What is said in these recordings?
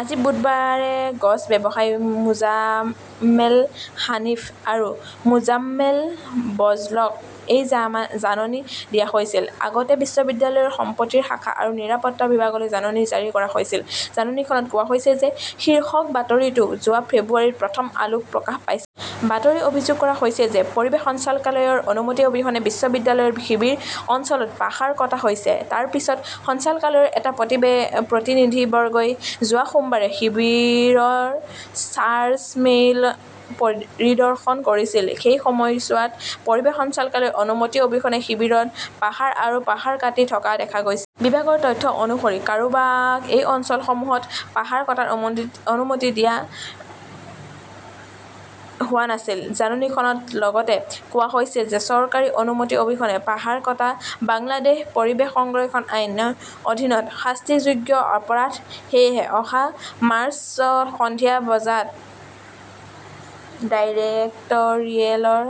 আজি বুধবাৰে গছৰ ব্যৱসায়ী মোজাম্মেল হানিফ আৰু মোজাম্মেল বজলক এই জাননী দিয়া হৈছিল। লগতে বিশ্ববিদ্যালয়ৰ সম্পত্তি শাখা আৰু নিৰাপত্তা বিভাগলৈ জাননী জাৰি কৰা হৈছিল। জাননীখনত কোৱা হৈছে যে শীৰ্ষক বাতৰিটো যোৱা ফেব্ৰুৱাৰীত প্ৰথম আলোত প্ৰকাশ পাইছিল। বাতৰিত অভিযোগ কৰা হৈছে যে, পৰিৱেশ সঞ্চালকালয়ৰ অনুমতি অবিহনে বিশ্ববিদ্যালয়ৰ শিবিৰ অঞ্চলত পাহাৰ কটা হৈছে। তাৰ পিছত সঞ্চালকালয়ৰ এটা প্ৰতিনিধিবৰ্গই যোৱা সোমবাৰে শিবিৰৰ চাৰ্জমেইন পৰিদৰ্শন কৰিছিল। এই সময়ছোৱাত পৰিৱেশ সঞ্চালকালয়ৰ অনুমতি অবিহনে শিবিৰত পাহাৰ আৰু পাহাৰ কাটি থকা দেখা গৈছিল। বিভাগৰ তথ্য অনুসৰি, কাৰোবাক এই অঞ্চলসমূহত পাহাৰ কটাৰ অনুমতি দিয়া হোৱা নাছিল। জাননীখনত লগতে কোৱা হৈছে যে চৰকাৰী অনুমতি অবিহনে পাহাৰ কটা বাংলাদেশ পৰিৱেশ সংৰক্ষণ আইন, ৰ অধীনত শাস্তিযোগ্য অপৰাধ। সেয়েহে অহা মাৰ্চত সন্ধিয়া বজাত ডাইৰেক্টৰিয়েলৰ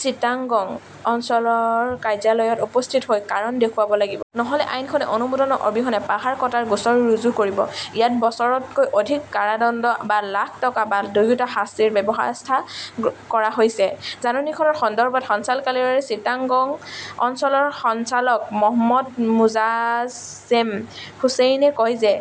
চিটাগং অঞ্চলৰ কাৰ্যালয়ত উপস্থিত হৈ কাৰণ দেখুৱাব লাগিব। নহ'লে আইনখনে অনুমোদন অবিহনে পাহাৰ কটাৰ গোচৰ ৰুজু কৰিব। ইয়াত বছৰতকৈ অধিক কাৰাদণ্ড বা লাখ টকা বা দুয়োটা শাস্তিৰ ব্যৱস্থা কৰা হৈছে। জাননীখনৰ সন্দৰ্ভত সঞ্চালকালয়ৰ চিটাগং অঞ্চলৰ সঞ্চালক মহম্মদ মোৱাজজেম হোছেইনে কয় যে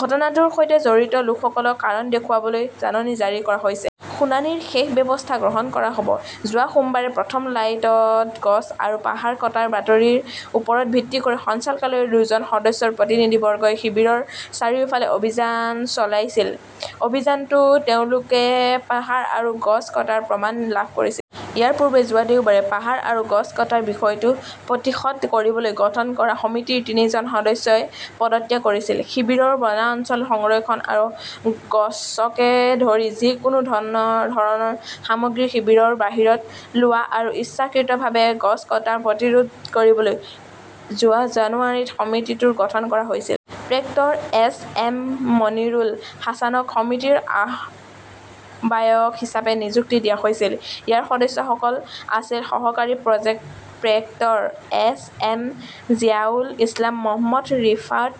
ঘটনাটোৰ সৈতে জড়িত লোকসকলক কাৰণ দেখুৱাবলৈ জাননী জাৰি কৰা হৈছে। শুনানিৰ শেষত ব্যৱস্থা গ্ৰহণ কৰা হ 'ব। যোৱা সোমবাৰে প্ৰথম লাইটত গছ আৰু পাহাৰ কটাৰ বাতৰিৰ ওপৰত ভিত্তি কৰি সঞ্চালকালয়ৰ দুজন সদস্যৰ প্ৰতিনিধিবৰ্গই শিবিৰৰ চাৰিওফালে অভিযান চলাইছিল। অভিযানটোত তেওঁলোকে পাহাৰ আৰু গছ কটাৰ প্ৰমাণ লাভ কৰিছিল। ইয়াৰ পূৰ্বে যোৱা দেওবাৰে পাহাৰ আৰু গছ কটাৰ বিষয়টো প্ৰতিহত কৰিবলৈ গঠন কৰা সমিতিৰ তিনিজন সদস্যই পদত্যাগ কৰিছিল। শিবিৰৰ বনাঞ্চল সংৰক্ষণ আৰু গছকে ধৰি যিকোনো ধৰণৰ সামগ্ৰী শিবিৰৰ বাহিৰত লোৱা আৰু ইচ্ছাকৃতভাৱে গছ কটা প্ৰতিৰোধ কৰিবলৈ যোৱা জানুৱাৰীত সমিতিটো গঠন কৰা হৈছিল। Proctor S. এম. মনিৰুল হাছানক সমিতিৰ আহ্বায়ক হিচাপে নিযুক্তি দিয়া হৈছিল। ইয়াৰ সদস্যসকল আছিল সহকাৰী proctor S M Ziaul Islam, Mohammad Rifat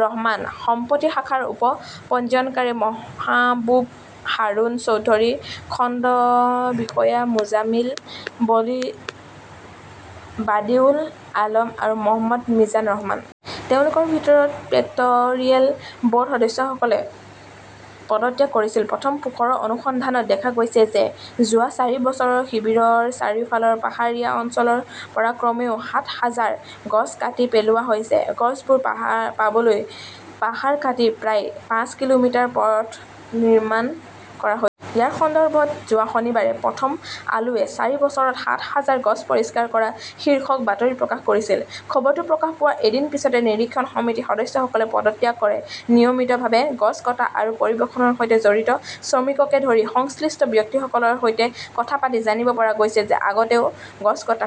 Rahman, সম্পত্তি শাখাৰ উপ পঞ্জীয়নকাৰী মহাবুব হাৰুন চৌধুৰী, খণ্ড বিষয়া মোজামিল বাডিউল আলম আৰু মহম্মদ মিজান ৰহমান। তেওঁলোকৰ ভিতৰত প্ৰেক্টৰিয়েল ব'ৰ্ড সদস্যসকলে পদত্যাগ কৰিছিল। প্ৰথম পোহৰৰ অনুসন্ধানত দেখা গৈছে যে যোৱা চাৰি বছৰত শিবিৰৰ চাৰিওফালৰ পাহাৰীয়া অঞ্চলৰ পৰা কমেও সাত হাজাৰ গছ কাটি পেলোৱা হৈছে। গছবোৰ পাবলৈ পাহাৰ কাটি প্ৰায় পাঁচ কিলোমিটাৰ পথ নিৰ্মাণ কৰা হৈছিল। ইয়াৰ সন্দৰ্ভত যোৱা শনিবাৰে প্ৰথম আলোৱে 'চাৰি বছৰত সাত হাজাৰ গছ পৰিষ্কাৰ কৰা' শীৰ্ষক বাতৰি প্ৰকাশ কৰিছিল। খবৰটো প্ৰকাশ পোৱাৰ এদিন পিছতে নিৰীক্ষণ সমিতিৰ সদস্যসকলে পদত্যাগ কৰে। নিয়মিতভাৱে গছ কটা আৰু পৰিবহণৰ সৈতে জড়িত শ্ৰমিককে ধৰি সংশ্লিষ্ট ব্যক্তিসকলৰ সৈতে কথা পাতি জানিব পৰা গৈছে যে আগতেও গছ কটা হৈছিল।